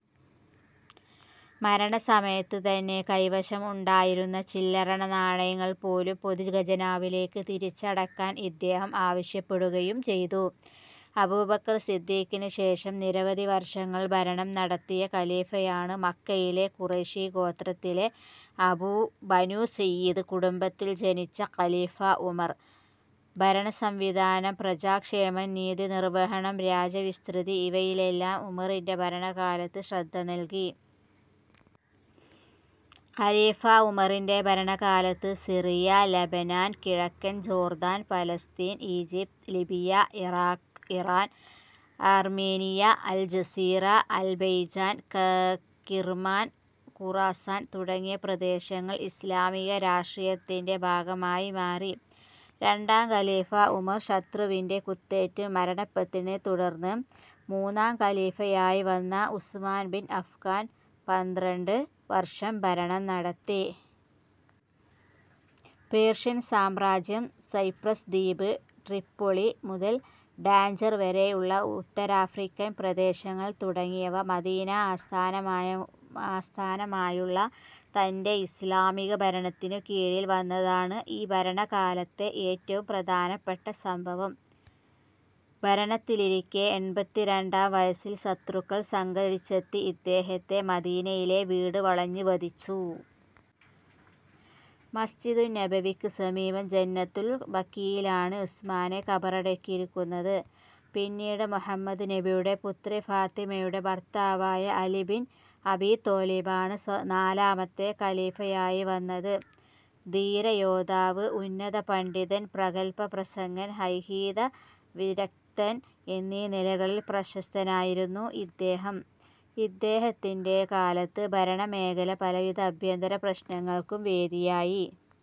മരണസമയത്ത് തന്റെ കൈവശം ഉണ്ടായിരുന്ന ചില്ലറ നാണയങ്ങൾ പോലും പൊതു ഖജനാവിലേക്ക് തിരിച്ചടയ്ക്കാൻ ഇദ്ദേഹം ആവശ്യപ്പെടുകയും ചെയ്തു. അബൂബക്കർ സിദ്ധീഖിന് ശേഷം നിരവധി വർഷങ്ങൾ ഭരണം നടത്തിയ ഖലീഫയാണ് മക്കയിലെ ഖുറൈഷി ഗോത്രത്തിലെ ബനൂ അദിയ്യ് കുടുംബത്തിൽ ജനിച്ച ഖലീഫ ഉമർ. ഭരണസംവിധാനം, പ്രജാക്ഷേമം, നീതിനിർവഹണം, രാജ്യവിസതൃതി ഇവയിലെല്ലാം ഉമറിന്റെ ഭരണകാലത്ത് ശ്രദ്ധ നൽകി. ഖലീഫ ഉമറിന്റെ ഭരണകാലത്ത് സിറിയ, ലെബനാൻ, കിഴക്കൻ Jordan, Palestine, Egypt, Libya, Iraq, Iran, Armenia, Al Jazira, Azerbaijan, Kirman, Khorasan തുടങ്ങിയ പ്രദേശങ്ങൾ ഇസ്ലാമിക രാഷ്ട്രത്തിന്റെ ഭാഗമായി മാറി. രണ്ടാം ഖലീഫ ഉമർ ശത്രുവിന്റെ കുത്തേറ്റ് മരണപെട്ടതിനെ തുടർന്ന് മൂന്നാം ഖലീഫയായി വന്ന ഉസ്മാൻ ബിൻ അഫ്ഫാൻ പന്ത്രണ്ട് വർഷം ഭരണം നടത്തി. പേർഷ്യൻ സാമ്രാജ്യം, സൈപ്രസ് ദ്വീപ്, ട്രിപ്പൊളി മുതൽ ഡാഞ്ചർ വരെയുള്ള ഉത്തരാഫ്രിക്കൻ പ്രദേശങ്ങൾ തുടങ്ങിയവ മദീന ആസ്ഥാനമായുള്ള തന്റെ ഇസ്ലാമിക ഭരണത്തിനു കീഴിൽ വന്നതാണ് ഈ ഭരണകാലത്തെ ഏറ്റവും പ്രധാനപ്പെട്ട സംഭവം. ഭരണത്തിലിരിക്കെ എൺപത്തി രണ്ടാം വയസ്സിൽ ശത്രുക്കൾ സംഘടിച്ചെത്തി ഇദ്ദേഹത്തെ മദീനയിലെ വീട് വളഞ്ഞ് വധിച്ചു. മസ്ജിദുന്നബവിക്ക് സമീപം ജന്നതുൽ ബഖീഇലാണ് ഉസ്മാനെ ഖബറടക്കിയിരിക്കുന്നത്. പിന്നീട് മുഹമ്മദ് നബിയുടെ പുത്രി ഫാത്വിമയുടെ ഭർത്താവായ അലി ബിൻ അബീത്വാലിബ് ആണ് നാലാമത്തെ ഖലീഫയായി വന്നത്. ധീര യോദ്ധാവ്, ഉന്നത പണ്ഡിതൻ, പ്രഗല്ഭ പ്രസംഗകൻ, ഐഹീക വിരക്തൻ എന്നീ നിലകളിൽ പ്രശസ്തനായിരുന്നു ഇദ്ദേഹം. ഇദ്ദേഹത്തിന്റെ കാലത്ത് ഭരണ മേഖല പലവിധ അഭ്യന്തര പ്രശ്നങ്ങൾക്കും വേദിയായി.